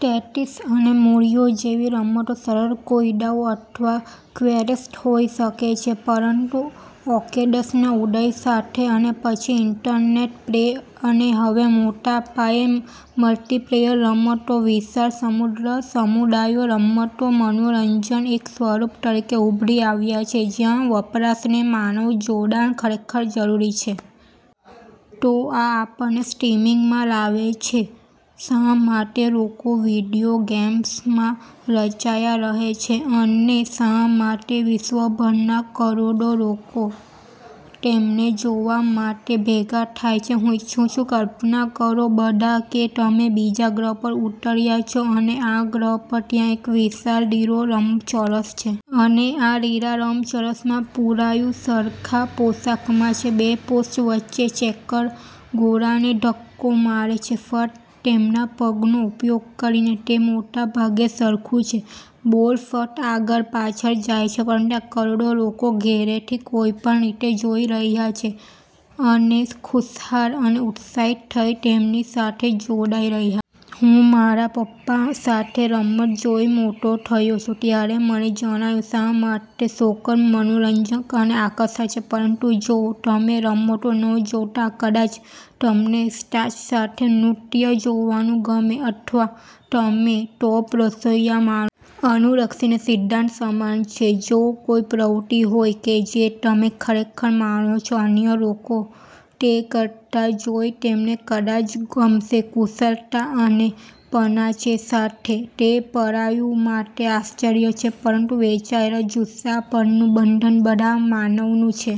Tetris અને "Mario" જેવી રમતો સરળ કોયડાઓ અથવા ક્વેસ્ટ્સ હોઈ શકે છે પરંતુ આર્કેડ્સના ઉદય સાથે અને પછી ઇન્ટરનેટ પ્લે, અને હવે મોટા પાયે મલ્ટિપ્લેયર રમતો વિશાળ, સમૃદ્ધ સમુદાયો, રમતો મનોરંજનના એક સ્વરૂપ તરીકે ઉભરી આવ્યા છે જ્યાં વપરાશને માનવ જોડાણ ખરેખર જરૂરી છે. તો આ આપણને સ્ટ્રીમિંગમાં લાવે છે. શા માટે લોકો વિડિઓ ગેમ્સમા રચ્યા રહે છે? અને શા માટે વિશ્વભરના કરોડો લોકો તેમને જોવા માટે ભેગા થાય છે? હું ઇચ્છું છું કલ્પના કરો બધા કે તમે બીજા ગ્રહ પર ઉતર્યા છો અને આ ગ્રહ પર ત્યાં એક વિશાળ લીલો લંબચોરસ છે. અને આ લીલા લંબચોરસમાં પરાયું સરખા પોશાકમાં છે. બે પોસ્ટ વચ્ચે ચેકર ગોળાને ધક્કો મારે છે ફક્ત તેમના પગનો ઉપયોગ કરીને. તે મોટેભાગે સરખું છે, બોલ ફક્ત આગળ-પાછળ જાય છે. પરંતુ ત્યાં કરોડો લોકો ઘરેથી કોઈપણ રીતે જોઈ રહ્યાં છે, અને ખુશખુશાલ અને ઉત્સાહિત થઈ તેમની સાથે જોડાઈ રહ્યા છે. હું મારા પપ્પા સાથે રમત જોઈ મોટો થયો છું. ત્યારે મને જણાયું શા માટે સોકર મનોરંજક અને આકર્ષક છે. પરંતુ જો તમે રમતો ન જોતા, કદાચ તમને "સ્ટાર્સ સાથે નૃત્ય" જોવાનું ગમે અથવા તમે "ટોપ રસોઇયા" માં અનુલક્ષીને સિદ્ધાંત સમાન છે. જો કોઈ પ્રવૃત્તિ હોય કે જે તમે ખરેખર માણો છો, અન્ય લોકો તે કરતા જોઈ તમેને કદાચ ગમશે કુશળતા અને પનાચે સાથે. તે પરાયું માટે આશ્ચર્ય છે પરંતુ વહેંચાયેલ જુસ્સા પરનું બંધન બધા માનવનું છે.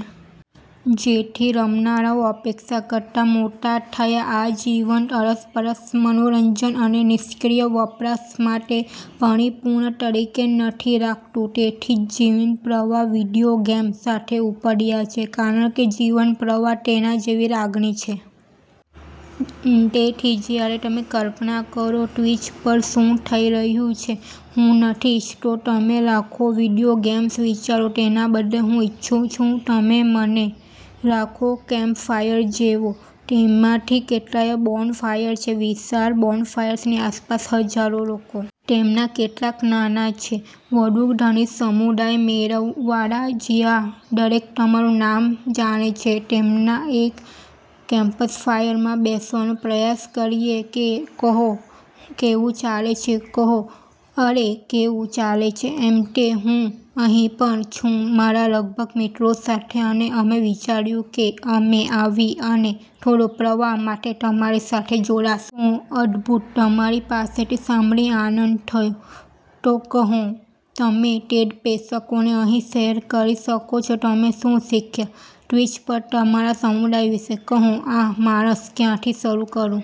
તેથી રમનારાઓ અપેક્ષા કરતા મોટા થયા આ જીવંત, અરસપરસ મનોરંજન, અને નિષ્ક્રિય વપરાશ માત્ર પરિપૂર્ણ તરીકે નથી લાગતું. તેથી જ જીવંત પ્રવાહ વિડિઓ ગેમ્સ સાથે ઉપડ્યા છે કારણ કે જીવંત પ્રવાહ તેના જેવી લાગણી છે. તેથી જ્યારે તમે કલ્પના કરો ટ્વિચ પર શું થઈ રહ્યું છે, હું નથી ઇચ્છતો તમે લાખો વિડિઓ ગેમ્સ વિચારો. તેના બદલે, હું ઇચ્છુ તમે લાખો કેમ્પફાયર જોવો. તેમાંથી કેટલાક બોનફાયર છે વિશાળ, બોનફાયર્સની આસપાસ હજારો લોકો. તેમાંના કેટલાક નાના છે, વધુ ઘનિષ્ઠ સમુદાય મેળાવડા જ્યાં દરેક તમારું નામ જાણે છે. તેમાંના એક કેમ્પફાયરમા બેસવાનો પ્રયાસ કરીએ હે કોહ, કેવું ચાલે છે? કોહ: અરે, કેવું ચાલે છે, એમેટ? હું અહીં પર છું મારા લગભગ મિત્રો સાથે અને અમે વિચાર્યું કે અમે આવી અને થોડો પ્રવાહ માટે તમારી સાથે જોડાશું. કોહ: અદ્ભુત! તમારી પાસેથી સાંભળી આનંદ થયો. તો કોહહ, તમે ટેડ પ્રેક્ષકોને અહી શેર કરી શકો છો. તમે શું શીખ્યા છે ટ્વિચ પર તમારા સમુદાય વિશે? કોહ: આહ, માણસ, ક્યાંથી શરૂ કરું?